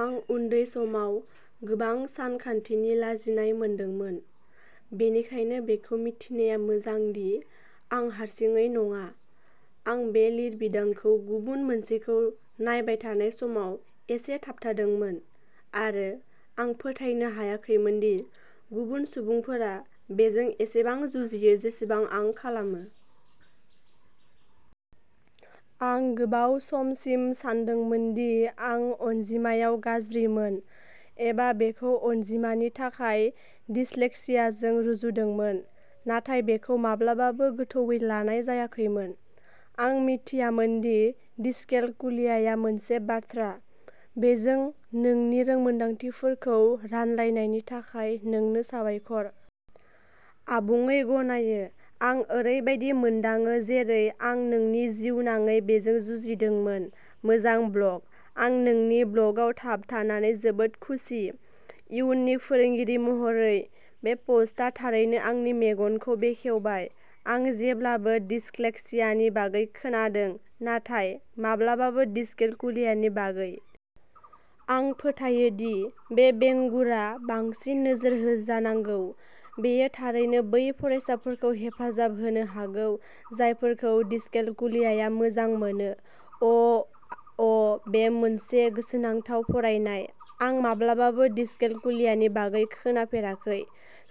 आं उन्दै समाव गोबां सानखान्थिनि लाजिनाय मोनदोंमोन, बेनिखायनो बेखौ मिथिनाया मोजां दि आं हारसिङै नङा। आं बे लिरबिदांखौ गुबुन मोनसेखौ नायबाय थानाय समाव एसे थाबथादोंमोन-आरो आं फोथायनो हायाखैमोन दि गुबुन सुबुंफोरा बेजों एसेबां जुजियो जेसेबां आं खालामो। आं गोबाव समसिम सानदोंमोन दि आं अनजिमायाव गाज्रिमोन, एबा बेखौ अनजिमानि थाखाय डिस्लेक्सियाजों रुजुदोंमोन, नाथाय बेखौ माब्लाबाबो गोथौवै लानाय जायाखैमोन। आं मिथियामोन दि डिसकेलकुलियाया मोनसे बाथ्रा! बेजों नोंनि रोंमोनदांथिफोरखौ रानलायनायनि थाखाय नोंनो साबायखर! आबुङै गनायो। आं ओरैबायदि मोनदाङो जेरै आं आंनि जिउनाङै बेजों जुजिदोंमोन। मोजां ब्लग! आं नोंनि ब्लगआव थाबथानानै जोबोद खुसि। इयुननि फोरोंगिरि महरै, बे पस्टआ थारैनो आंनि मेगनखौ बेखेवबाय। आं जेब्लाबो डिस्लेक्सियानि बागै खोनादों, नाथाय माब्लाबाबो डिसकेलकुलियानि बागै। आं फोथायो दि बे बेंगुरा बांसिन नोजोर होजानांगौ, बेयो थारैनो बै फरायसाफोरखौ हेफाजाब होनो हागौ जायफोरखौ डिसकेलकुलियाया मोजां मोनो। अ'अ, बेयो मोनसे गोसोनांथाव फरायनाय। आं माब्लाबाबो डिसकेलकुलियानि बागै खोनाफेराखै,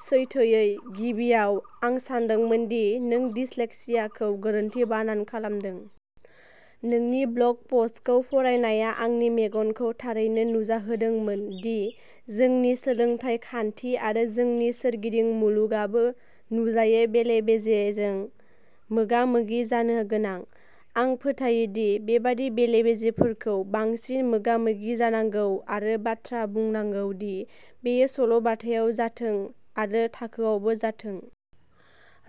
सैथोयै, गिबियाव, आं सानदोंमोन दि नों डिस्लेक्सियाखौ गोरोन्थि बानान खालामदों। नोंनि ब्लग पस्टखौ फरायनाया आंनि मेगनखौ थारैनो नुजाहोदोंमोन दि जोंनि सोलोंथाय खान्थि आरो जोंनि सोरगिदिं मुलुगआबो नुजायै बेले-बेजेजों मोगा-मोगि जानो गोनां। आं फोथायो दि बेबादि बेले-बेजेफोरखौ बांसिन मोगा-मोगि जानांगौ आरो बाथ्रा बुंनांगौ दि बेयो सल'बाथायाव जाथों आरो थाखोआवबो जाथों।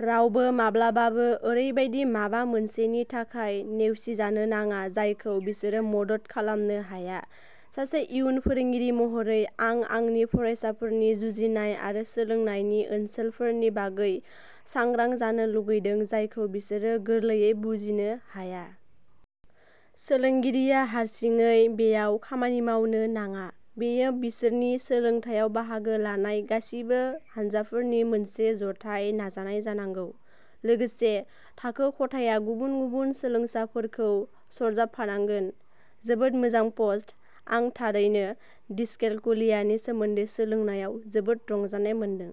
रावबो माब्लाबाबो ओरैबायदि माबा मोनसेनि थाखाय नेवसिजानो नाङा जायखौ बिसोरो मदद खालामनो हाया। सासे इयुन फोरोंगिरि महरै, आं आंनि फरायसाफोरनि जुजिनाय आरो सोलोंनायनि ओनसोलफोरनि बागै सांग्रां जानो लुगैदों जायखौ बिसोरो गोरलैयै बुजिनो हाया। सोलोंगिरिया हारसिङै बेयाव खामानि मावनो नाङा, बेयो बिसोरनि सोलोंथायाव बाहागो लानाय गासिबो हानजाफोरनि मोनसे जथाय नाजानाय जानांगौ। लोगोसे, थाखो खथाया गुबुन-गुबुन सोलोंसाफोरखौ सरजाबफानांगोन। जोबोद मोजां पस्ट, आं थारैनो। डिसकेलकुलियानि सोमोन्दै सोलोंनायाव जोबोद रंजानाय मोनदों।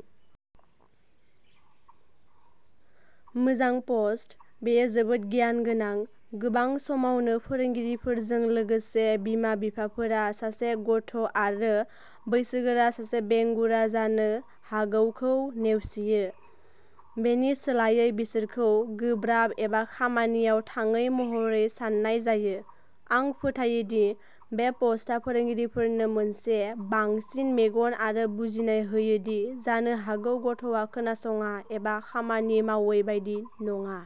मोजां पस्ट! बेयो जोबोद गियान गोनां। गोबां समावनो फोरोंगिरिफोरजों लोगोसे बिमा-बिफाफोरा सासे गथ'आरो ा बैसोगोरा सासे बेंगुरा जानो हागौखौ नेवसियो। बेनि सोलायै बिसोरखौ गोब्राब एबा खामानियाव थाङै महरै साननाय जायो, आं फोथायो दि बे पस्टआ फोरोंगिरिफोरनो मोनसे बांसिन मेगन आरो बुजिनाय होयो दि जानो हागौ गथ'आ खोनासङा एबा खामानि मावै बायदि नङा।